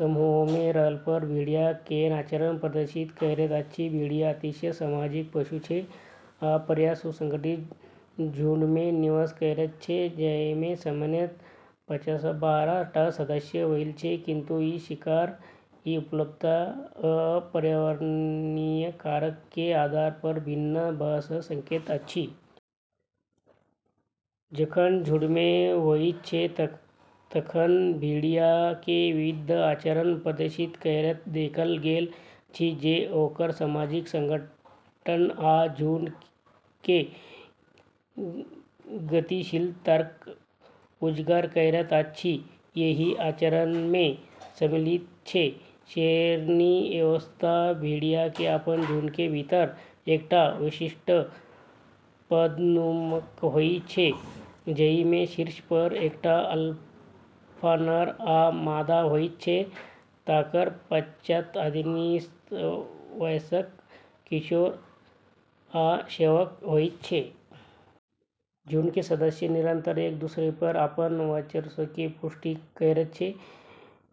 समूहमे रहलापर भेड़िया केहन आचरण प्रदर्शित करैत अछि? भेड़िया अतिशय सामाजिक पशु छै आ प्रायः सुसंगठित झुंडमे निवास करैत छै, जाहिमे सामान्यतः पाँचसँ बारह टा सदस्य होइत छै, किंतु ई शिकार के उपलब्धता आ पर्यावरणीय कारक के आधार पर भिन्न भऽ सकैत अछि। जखन झुंडमे होइत छै तखन भेड़िया के विविध आचरण प्रदर्शित करैत देखल गेल अछि जे ओकर सामाजिक संगठन आ झुंड के गतिशीलताकेँ उजागर करैत अछि। एहि आचरण में सम्मिलित छै: श्रेणी व्यवस्था:- भेड़िया के अपन झुंड के भीतर एकटा विशिष्ट पदानुक्रम होइत छै, जहि में शीर्ष पर एकटा अल्फा नर आ मादा होइत छै, तकर पश्चात अधीनस्थ वयस्क, किशोर, आ शावक होइत छै। झुंड के सदस्य निरंतर एक-दुसरे पर अपन वर्चस्व के पुष्टि करैत छै,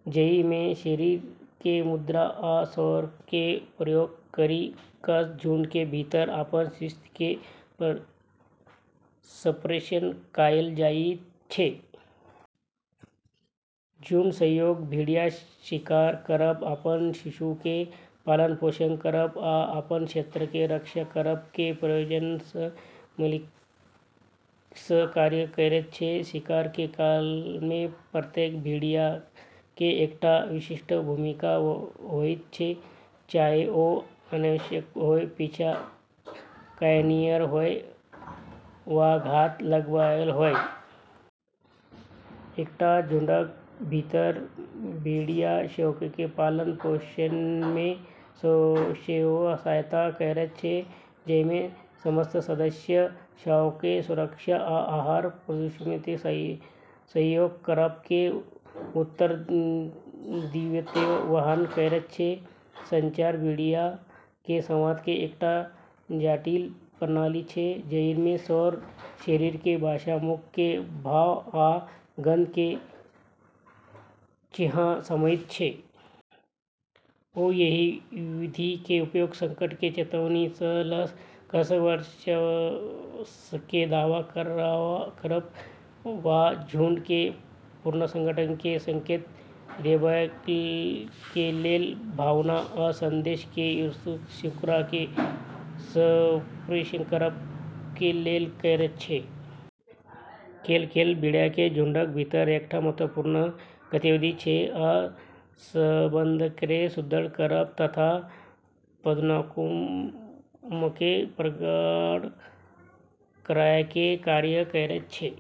जहि में शरीर के मुद्रा आ स्वर के प्रयोग करि कऽ झुंड के भीतर अपन स्थिति के संप्रेषण कएल जाइत छै। झुंड सहयोग: भेड़िया शिकार करब, अपन शिशु के पालन-पोषण करब, आ अपन क्षेत्र के रक्षा करब के प्रयोजन सँ मिलि कऽ कार्य करैत छै। शिकार के काल में प्रत्येक भेड़िया के एकटा विशिष्ट भूमिका होइत छैक, चाहे ओ अन्वेषक होय, पीछा कयनिहार होय, वा घात लगबयवला होय। एकटा झुंडक भीतर भेड़िया शावकके पालन-पोषणमे सेहो सहायता करैत छै, जाहिमे समस्त सदस्य शावकके सुरक्षा आ आहार प्रदातुत्वमे सहयोग करब के उत्तरदायित्व वहन करैत छै। संचार: भेड़िया के संवाद के एकटा जटिल प्रणाली छै जहि में स्वर, शरीर के भाषा, मुख के भाव, आ गंध के चिह्न समाहित छै। ओ एहि विधि के उपयोग संकट के चेतावनी सँ लऽ कऽ वर्चस्व के दावा करब वा झुंड के पुनर्संगठन के संकेत देबय के लेल, भावना आ संदेश के विस्तृत शृंखला के संप्रेषण करब के लेल करैत छै। खेल: खेल भेड़ियाके झुंडक भीतर एकटा महत्त्वपूर्ण गतिविधि छै आ संबंधकेँ सुदृढ़ करब तथा पदानुक्रमके प्रगाढ़ करयके कार्य करैत छै।